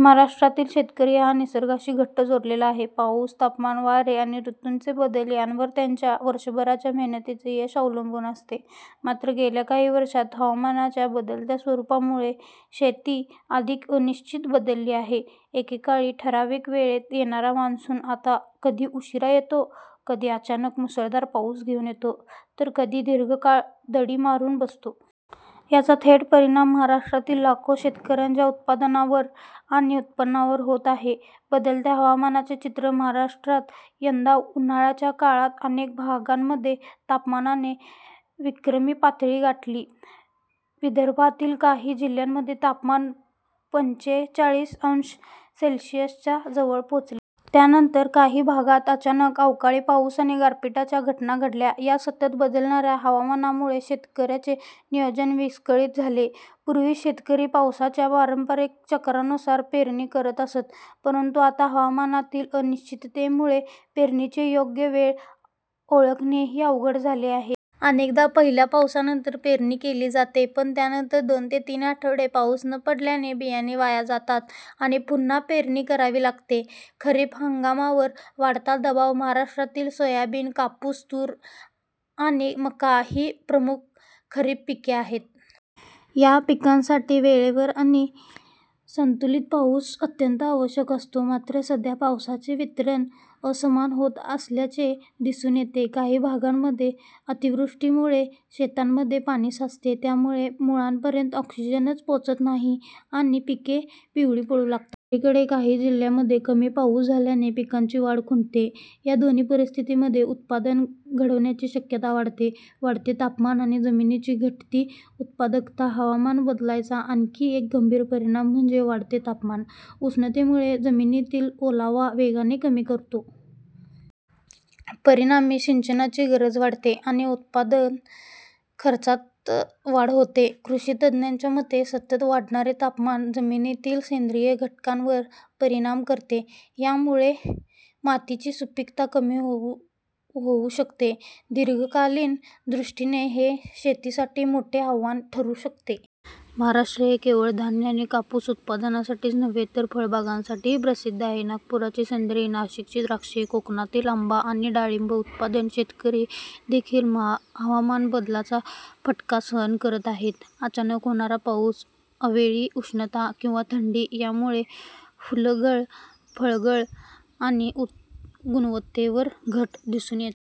महाराष्ट्रातील शेतकरी हा निसर्गाशी घट्ट जोडलेला आहे. पाऊस, तापमान, वारे आणि ऋतूंचे बदल यावरच त्याच्या वर्षभराच्या मेहनतीचे यश अवलंबून असते. मात्र गेल्या काही वर्षांत हवामानाच्या बदलत्या स्वरूपामुळे शेती अधिक अनिश्चित बनली आहे. एकेकाळी ठराविक वेळेत येणारा मान्सून आता कधी उशिरा येतो, कधी अचानक मुसळधार पाऊस घेऊन येतो, तर कधी दीर्घ काळ दडी मारून बसतो. याचा थेट परिणाम महाराष्ट्रातील लाखो शेतकऱ्यांच्या उत्पादनावर आणि उत्पन्नावर होत आहे. बदलत्या हवामानाचे चित्र महाराष्ट्रात यंदा उन्हाळ्याच्या काळात अनेक भागांमध्ये तापमानाने विक्रमी पातळी गाठली. विदर्भातील काही जिल्ह्यांमध्ये तापमान पंचेचाळीस अंश सेल्सिअसच्या जवळ पोहोचले. त्यानंतर काही भागांत अचानक अवकाळी पाऊस आणि गारपिटीच्या घटना घडल्या. या सतत बदलणाऱ्या हवामानामुळे शेतकऱ्यांचे नियोजन विस्कळीत झाले. पूर्वी शेतकरी पावसाच्या पारंपरिक चक्रानुसार पेरणी करत असत. परंतु आता हवामानातील अनिश्चिततेमुळे पेरणीची योग्य वेळ ओळखणेही अवघड झाले आहे. अनेकदा पहिल्या पावसानंतर पेरणी केली जाते, पण त्यानंतर दोन ते तीन आठवडे पाऊस न पडल्याने बियाणे वाया जातात. आणि पुन्हा पेरणी करावी लागते. खरीप हंगामावर वाढता दबाव महाराष्ट्रातील सोयाबीन, कापूस, तूर आणि मका ही प्रमुख खरीप पिके आहेत. या पिकांसाठी वेळेवर आणि संतुलित पाऊस अत्यंत आवश्यक असतो. मात्र सध्या पावसाचे वितरण असमान होत असल्याचे दिसून येते. काही भागांमध्ये अतिवृष्टीमुळे शेतांमध्ये पाणी साचते. त्यामुळे मुळांपर्यंत ऑक्सिजन पोहोचत नाही आणि पिके पिवळी पडू लागतात. दुसरीकडे काही जिल्ह्यांमध्ये कमी पाऊस झाल्याने पिकांची वाढ खुंटते. या दोन्ही परिस्थितींमध्ये उत्पादन घटण्याची शक्यता वाढते. वाढते तापमान आणि जमिनीची घटती उत्पादकता हवामान बदलाचा आणखी एक गंभीर परिणाम म्हणजे वाढते तापमान. उष्णतेमुळे जमिनीतील ओलावा वेगाने कमी होतो. परिणामी सिंचनाची गरज वाढते आणि उत्पादन खर्चात वाढ होते. कृषी तज्ज्ञांच्या मते, सतत वाढणारे तापमान जमिनीतील सेंद्रिय घटकांवर परिणाम करते. यामुळे मातीची सुपीकता कमी होऊ शकते. दीर्घकालीन दृष्टीने हे शेतीसाठी मोठे आव्हान ठरू शकते. महाराष्ट्र हे केवळ धान्य आणि कापूस उत्पादनासाठीच नव्हे तर फळबागांसाठीही प्रसिद्ध आहे. नागपूरची संत्री, नाशिकची द्राक्षे, कोकणातील आंबा आणि डाळिंब उत्पादक शेतकरी देखील हवामान बदलाचा फटका सहन करत आहेत. अचानक होणारा पाऊस, अवेळी उष्णता किंवा थंडी यामुळे फुलगळ, फळगळ आणि गुणवत्तेत घट दिसून येते.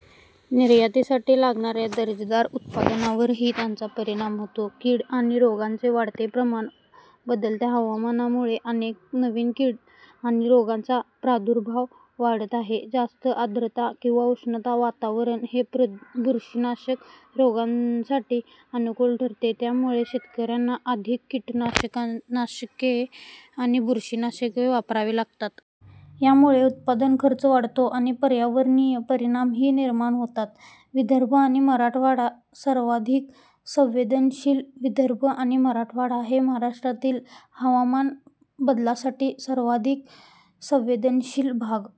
निर्यातीसाठी लागणाऱ्या दर्जेदार उत्पादनावरही त्याचा परिणाम होतो. कीड आणि रोगांचे वाढते प्रमाण बदलत्या हवामानामुळे अनेक नवीन कीड आणि रोगांचा प्रादुर्भाव वाढत आहे. जास्त आर्द्रता आणि उष्ण वातावरण हे बुरशीजन्य रोगांसाठी अनुकूल ठरते. त्यामुळे शेतकऱ्यांना अधिक कीटकनाशके आणि बुरशीनाशके वापरावी लागतात. यामुळे उत्पादन खर्च वाढतो आणि पर्यावरणीय परिणामही निर्माण होतात. विदर्भ आणि मराठवाडा सर्वाधिक संवेदनशील विदर्भ आणि मराठवाडा हे महाराष्ट्रातील हवामान बदलासाठी सर्वाधिक संवेदनशील भाग--